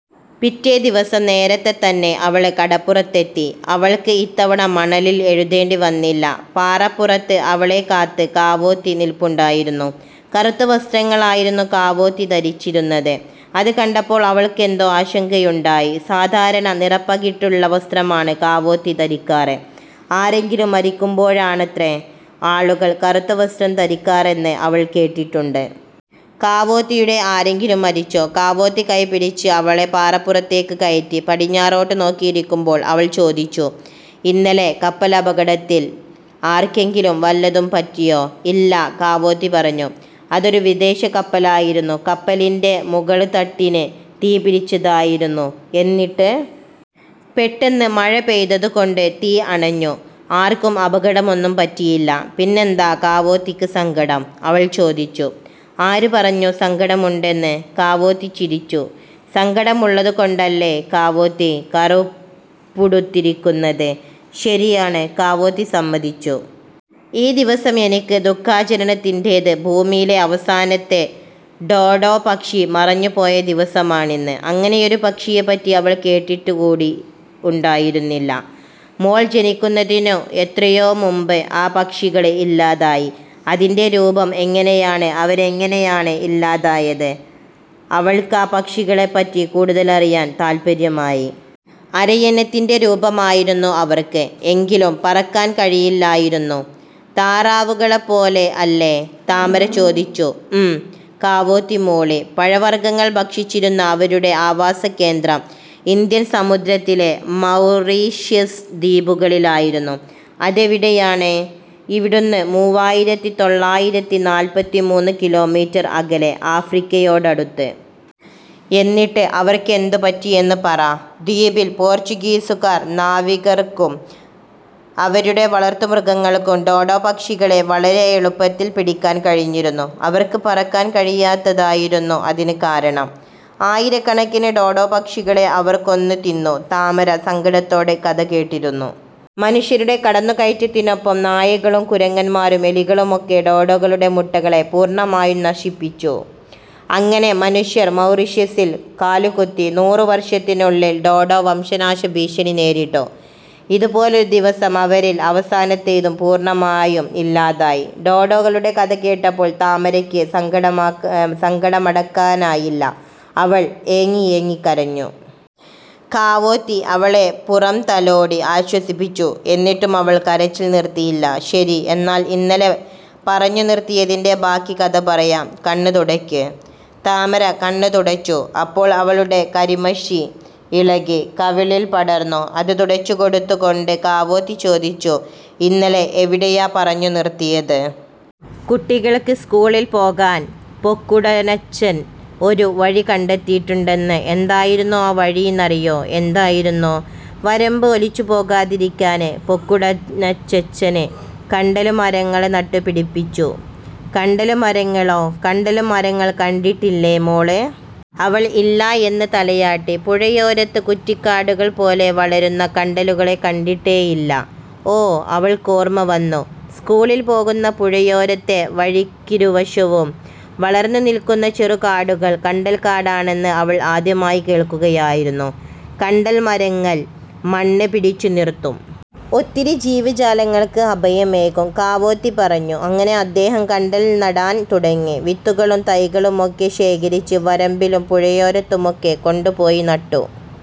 പിറ്റേദിവസം നേരത്തേതന്നെ അവള് കടപ്പുറത്തെത്തി. അവള്‍ക്ക് ഇത്തവണ മണലിൽ എഴുതേണ്ടിവന്നില്ല. പാറപ്പുറത്ത് അവളെ കാത്ത് കാവോത്തി നിൽപ്പുണ്ടായിരുന്നു. കറുത്ത വസ്ത്രങ്ങളായിരുന്നു കാവോത്തി ധരിച്ചിരുന്നത്. അത് കണ്ടപ്പോള്‍ അവൾക്കെന്തോ ആശങ്കയുണ്ടായി. സാധാരണ നിറപ്പകിട്ടുള്ള വസ്ത്രമാണ് കാവോത്തി ധരിക്കാറ്. ആരെങ്കിലും മരിക്കുമ്പോഴാണത്രേ ആളുകള്‍ കറുത്ത വസ്ത്രം ധരിക്കാറെന്ന് അവള്‍ കേട്ടിട്ടുണ്ട്. കാവോത്തിയുടെ ആരെങ്കിലും മരിച്ചോ? കാവോത്തി കൈപിടിച്ച് അവളെ പാറപ്പുറത്തേക്ക് കയറ്റി. പടിഞ്ഞാറോട്ട് നോക്കിയിരിക്കുമ്പോള്‍ അവള്‍ ചോദിച്ചു:''ഇന്നലെ കപ്പലപകടത്തിൽ ആര്‍ക്കെങ്കിലും വല്ലതും പറ്റിയോ? '''' ഇല്ല '' കാവോത്തി പറഞ്ഞു: '' അതൊരു വിദേശ കപ്പലായിരുന്നു. കപ്പലിന്‍റെ മുകൾ തട്ടിന് തീ പിടിച്ചതായിരുന്നു. '''' എന്നിട്ട്? '''' പെട്ടെന്ന് മഴ പെയ്തതുകൊണ്ട് തീ അണഞ്ഞു. ആര്‍ക്കും അപകടമൊന്നും പറ്റിയില്ല. '''' പിന്നെന്താ കാവോത്തിക്ക് സങ്കടം? '' അവള്‍ ചോദിച്ചു. '' ആരുപറഞ്ഞു സങ്കടമുണ്ടെന്ന്? '' കാവോത്തി ചിരിച്ചു. '' സങ്കടമുള്ളതുകൊണ്ടല്ലേ കാവോത്തി കറുപ്പുടുത്തിരിക്കുന്നത്? '''' ശരിയാണ് '' കാവോതി സമ്മതിച്ചു. '' ഈ ദിവസം എനിക്ക് ദുഖാചരണത്തിന്‍റേത്. ഭൂമിയിലെ അവസാനത്തെ ഡോഡോ പക്ഷി മറഞ്ഞുപോയ ദിവസമാണിന്ന്. '' അങ്ങനെയൊരു പക്ഷിയെപ്പറ്റി അവള്‍ കേട്ടിട്ടുകൂടി ഉണ്ടായിരുന്നില്ല. '' മോള്‍ ജനിക്കുന്നതിനും എത്രയോമുമ്പ് ആ പക്ഷികള് ഇല്ലാതായി. '''' അതിന്‍റെ രൂപം എങ്ങനെയാണ്? അവരെങ്ങനെയാണ് ഇല്ലാതായത്? '' അവൾക്കാ പക്ഷികളെപ്പറ്റി കൂടുതലറിയാന്‍ താത്പര്യമായി. '' അരയന്നത്തിന്‍റെ രൂപമായിരുന്നു അവർക്ക്. എങ്കിലും പറക്കാന്‍ കഴിയില്ലായിരുന്നു!. '''' താറാവുകളെപ്പോലെ അല്ലേ? '', താമര ചോദിച്ചു. '' ഉം '' കാവോത്തി മൂളി. '' പഴവർഗങ്ങൾ ഭക്ഷിച്ചിരുന്ന അവരുടെ ആവാസകേന്ദ്രം ഇന്ത്യൻ സമുദ്രത്തിലെ മൗറീഷ്യസ് ദ്വീപുകളിലായിരുന്നു. '''' അതെവിടെയാണ്? ഇവിടുന്ന് മൂവായിരത്തിതൊള്ളായിരത്തിനാല്പത്തിമൂന്നു കിലോമീറ്റര്‍ അകലെ ആഫ്രിക്കയോടടുത്ത്! '''' എന്നിട്ട് അവർക്കെന്തുപറ്റിയെന്ന് പറ! '''' ദ്വീപിൽ പോര്‍ച്ചുഗീസുകാർ നാവികര്‍ക്കും അവരുടെ വളര്‍ത്തുമൃഗങ്ങള്‍ക്കും ഡോഡോ പക്ഷികളെ വളരെ എളുപ്പത്തില്‍ പിടിക്കാന്‍ കഴിഞ്ഞിരുന്നു. അവര്‍ക്ക് പറക്കാന്‍ കഴിയാത്തതായിരുന്നു അതിന് കാരണം. ആയിരക്കണക്കിന് ഡോഡോ പക്ഷികളെ അവര്‍ കൊന്നുതിന്നു. '' താമര സങ്കടത്തോടെ കഥ കേട്ടിരുന്നു. '' മനുഷ്യരുടെ കടന്നുകയറ്റത്തിനൊപ്പം നായകളും കുരങ്ങന്മാരും എലികളുമൊക്കെ ഡോഡോകളുടെ മുട്ടകളെ പൂര്‍ണമായും നശിപ്പിച്ചു. അങ്ങനെ മനുഷ്യര്‍ മൗറിഷ്യസിൽ കാലുകുത്തി നൂറ് വര്‍ഷത്തിനുള്ളില്‍ ഡോഡോ വംശനാശ ഭീഷണി നേരിട്ടു. ഇതുപോലൊരുദിവസം അവരില്‍ അവസാനത്തേതും പൂര്‍ണമായും ഇല്ലാതായി. '' ഡോഡോകളുടെ കഥ കേട്ടപ്പോള്‍ താമരയ്ക്ക് സങ്കടമാക്ക് സങ്കടമടക്കാനായില്ല. അവള്‍ ഏങ്ങിയേങ്ങി കരഞ്ഞു. കാവോത്തി അവളെ പുറംതലോടി ആശ്വസിപ്പിച്ചു. എന്നിട്ടും അവള്‍ കരച്ചില്‍ നിര്‍ത്തിയില്ല. '' ശരി. എന്നാല്‍ ഇന്നലെ പറഞ്ഞു നിര്‍ത്തിയതിന്‍റെ ബാക്കി കഥ പറയാം. കണ്ണ് തുടയ്ക്ക്! '' താമര കണ്ണ് തുടച്ചു. അപ്പോള്‍ അവളുടെ കരിമഷി ഇളകി കവിളില്‍ പടര്‍ന്നു. അത് തുടച്ചുകൊടുത്തുകൊണ്ട് കാവോത്തി ചോദിച്ചു: '' ഇന്നലെ എവിടെയാ പറഞ്ഞു നിര്‍ത്തിയത്? '''' കുട്ടികള്‍ക്ക് സ്കൂളില്‍ പോകാന്‍ പൊക്കുടനച്ഛൻ ഒരു വഴി കണ്ടെത്തീട്ട്ണ്ടെന്ന്. '''' എന്തായിരുന്നു ആ വഴീന്നറിയോ? '''' എന്തായിരുന്നു? '''' വരമ്പ് ഒലിച്ചുപോകാതിരിക്കാന് പൊക്കുടനച്ഛച്ഛന് കണ്ടല്മരങ്ങള് നട്ടുപിടിപ്പിച്ചു. '''' കണ്ടല്മരങ്ങളോ? '''' കണ്ടല്മരങ്ങൾ കണ്ടിട്ടില്ലേ മോള്? '' അവള്‍ ഇല്ല എന്ന് തലയാട്ടി. '' പുഴയോരത്ത് കുറ്റിക്കാടുകൾ പോലെ വളരുന്ന കണ്ടലുകളെ കണ്ടിട്ടേയില്ല? '''' ഓ '' അവള്‍ക്കോർമ്മ വന്നു. സ്കൂളില്‍ പോകുന്ന പുഴയോരത്തെ വഴിക്കിരുവശവും വളര്‍ന്നു നില്‍ക്കുന്ന ചെറുകാടുകള്‍ കണ്ടൽ കാടാണെന്ന് അവള്‍ ആദ്യമായി കേള്‍ക്കുകയായിരുന്നു. '' കണ്ടൽമരങ്ങൾ മണ്ണ് പിടിച്ചു നിര്‍ത്തും. ഒത്തിരി ജീവിജാലങ്ങള്‍ക്ക് അഭയമേകും. '' കാവോത്തി പറഞ്ഞു. '' അങ്ങനെ അദ്ദേഹം കണ്ടല്‍ നടാന്‍ തുടങ്ങി. വിത്തുകളും തൈകളുമൊക്കെ ശേഖരിച്ച് വരമ്പിലും പുഴയോരത്തുമൊക്കെ കൊണ്ടുപോയി നട്ടു.